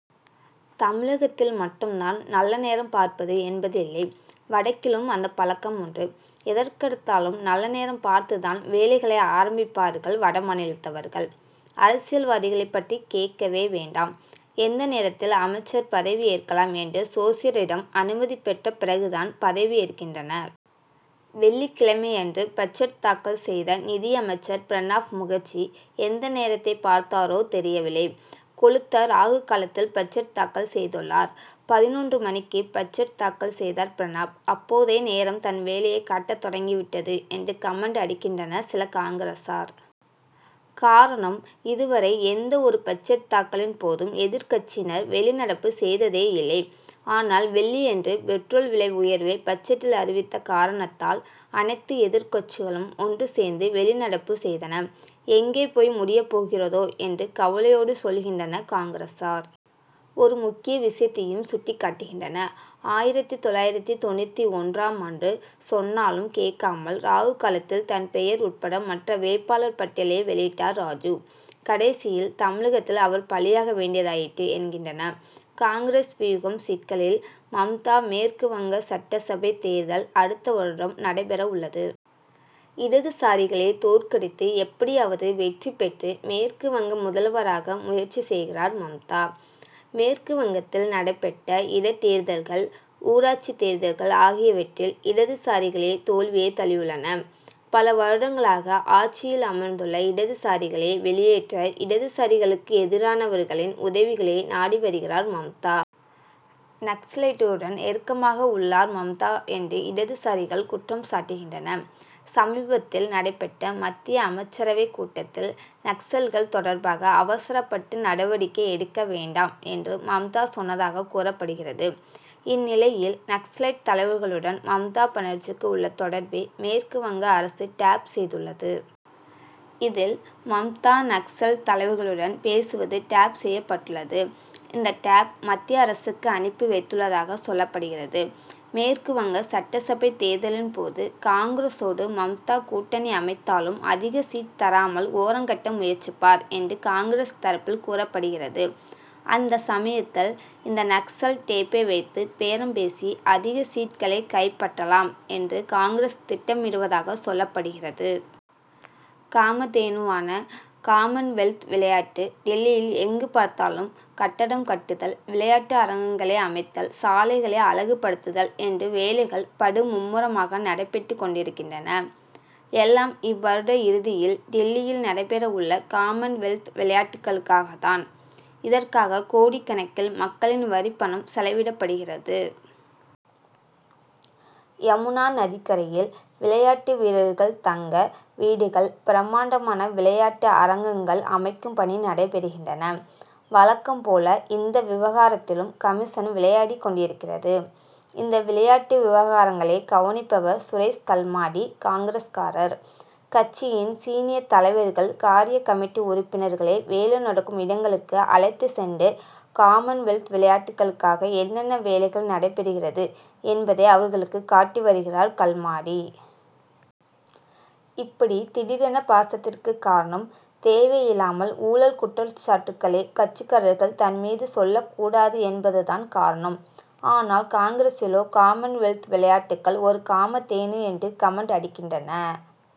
தமிழகத்தில் மட்டும் தான் நல்ல நேரம் பார்ப்பது என்பதில்லை. வடக்கிலும் அந்தப் பழக்கம் உண்டு. எதற்கெடுத்தாலும் நல்ல நேரம் பார்த்து தான் வேலைகளை ஆரம்பிப்பார்கள் வட மாநிலத்தவர்கள். அரசியல்வாதிகளைப் பற்றி கேட்கவே வேண்டாம். எந்த நேரத்தில் அமைச்சர் பதவி ஏற்கலாம் என்று ஜோசியரிடம் அனுமதி பெற்ற பிறகு தான் பதவியேற்கின்றனர். வெள்ளிக்கிழமையன்று பட்ஜெட் தாக்கல் செய்த நிதியமைச்சர் பிரணாப் முகர்ஜி எந்த நேரத்தைப் பார்த்தாரோ தெரியவில்லை. கொழுத்த ராகு காலத்தில் பட்ஜெட் தாக்கல் செய்துள்ளார். பதினொன்று மணிக்கு பட்ஜெட் தாக்கல் செய்தார் பிரணாப். 'அப்போதே நேரம் தன் வேலையைக் காட்டத் தொடங்கிவிட்டது என்று கமென்ட் அடிக்கின்றனர் சில காங்கிரசார். காரணம், இதுவரை எந்த ஒரு பட்ஜெட் தாக்கலின் போதும் எதிர்க்கட்சியினர் வெளிநடப்பு செய்ததே இல்லை. ஆனால், வெள்ளியன்று பெட்ரோல் விலை உயர்வை பட்ஜெட்டில் அறிவித்த காரணத்தால், அனைத்து எதிர்க்கட்சிகளும் ஒன்று சேர்ந்து வெளிநடப்பு செய்தன. எங்கே போய் முடியப் போகிறதோ என்று கவலையோடு சொல்கின்றனர் காங்கிரசார். ஒரு முக்கிய விஷயத்தையும் சுட்டிக் காட்டுகின்றனர். ஆயிரத்து தொள்ளாயிரத்து தொண்ணூற்றொன்றாம் ஆண்டு சொன்னாலும் கேட்காமல் ராகுகாலத்தில் தன் பெயர் உட்பட மற்ற வேட் பாளர் பட்டியலை வெளியிட்டார் ராஜிவ். கடைசியில் தமிழகத்தில் அவர் பலியாக வேண்டியதாயிற்று என்கின்றனர். காங்கிரஸ் வியூகம் சிக்கலில் மம்தா மேற்கு வங்க சட்டசபை தேர்தல் அடுத்த வருடம் நடைபெற உள்ளது. இடதுசாரிகளை தோற்கடித்து எப்படியாவது வெற்றி பெற்று மேற்கு வங்க முதல்வராக முயற்சி செய்கிறார் மம்தா. மேற்கு வங்கத் தில் நடைபெற்ற இடைத்தேர்தல்கள், ஊராட்சி தேர்தல்கள் ஆகியவற்றில் இடதுசாரிகள் தோல்வியைத் தழுவியுள்ளனர். பல வருடங்களாக ஆட்சியில் அமர்ந்துள்ள இடதுசாரிகளை வெளியேற்ற இடதுசாரிகளுக்கு எதிரானவர்களின் உதவிகளை நாடி வருகிறார் மம்தா. நக்சலைட்களுடன் நெருக்கமாக உள்ளார் மம்தா என்று இடதுசாரிகள் குற்றம் சாட்டுகின்றனர். சமீபத்தில் நடைபெற்ற மத்திய அமைச்சரவைக் கூட்டத்தில், நக்சல்கள் தொடர்பாக அவசரப்பட்டு நடவடிக்கை எடுக்க வேண்டாம் என்று மம்தா சொன்னதாகக் கூறப்படுகிறது. இந்நிலையில், நக்சலைட் தலைவர்களுடன் மம்தா பானர்ஜிக்கு உள்ள தொடர்பை மேற்கு வங்க அரசு டேப் செய்துள்ளது. இதில், மம்தா- நக்சல் தலைவர்களுடன் பேசுவது டேப் செய்யப்பட்டுள்ளது. இந்த டேப் மத்திய அரசுக்கு அனுப்பி வைத்துள்ளதாகச் சொல்லப்படுகிறது. மேற்கு வங்க சட்டசபை தேர்தலின் போது காங்கிரசோடு மம்தா கூட்டணி அமைத்தாலும் அதிக சீட் தராமல் ஓரங்கட்ட முயற்சிப்பார் என்று காங்கிரஸ் தரப்பில் கூறப்படுகிறது. அந்த சமயத்தில் இந்த நக்சல் டேப்பை வைத்து பேரம் பேசி அதிக சீட்களை கைப்பற்றலாம் என்று காங்கிரஸ் திட்டமிடுவதாக சொல்லப்படுகிறது. காமதேனுவானகாமன்வெல்த் விளையாட்டு டில்லியில் எங்கு பார்த்தாலும் கட்டடம் கட்டுதல், விளையாட்டு அரங்கங் களை அமைத்தல், சாலைகளை அழகு படுத்துதல் என்று வேலைகள் படு மும்முரமாக நடைபெற்றுக் கொண்டிருக்கின்றன. எல்லாம் இவ்வருட இறுதியில் டில்லியில் நடைபெற உள்ள காமன்வெல்த் விளையாட்டுகளுக்காகத்தான். இதற்காக கோடிக்கணக்கில் மக்களின் வரிப்பணம் செலவிடப்படுகிறது. யமுனா நதிக்கரையில் விளையாட்டு வீரர்கள் தங்க வீடுகள், பிரம்மாண்டமான விளையாட்டு அரங்கங்கள் அமைக்கும் பணிகள் நடைபெறுகின்றன. வழக்கம் போல, இந்த விவகாரத்திலும் கமிஷன் விளையாடிக் கொண்டிருக்கிறது. இந்த விளையாட்டு விவகாரங்களை கவனிப்பவர் சுரேஷ் கல்மாடி, காங்கிரஸ்காரர். கட்சியின் சீனியர் தலைவர்கள் காரியக்கமிட்டி உறுப்பினர் களை வேலை நடக்கும் இடங்களுக்கு அழைத்துச் சென்று காமன்வெல்த் விளையாட்டுகளுக்காக என்னென்ன வேலைகள் நடைபெறுகிறது என்பதை அவர்களுக்கு காட்டி வருகிறார் கல்மாடி. இப்படி திடீரென பாசத்திற்குக் காரணம், தேவையில்லாமல் ஊழல் குற்றச்சாட்டுகளை கட்சிக்காரர்கள் தன் மீது சொல் லக்கூடாது என்பது தான் காரணம். ஆனால், காங்கிரசிலோ, காமன் வெல்த் விளையாட்டுகள், ஒரு காமதேனு என்று கமென்ட் அடிக்கின்றனர்.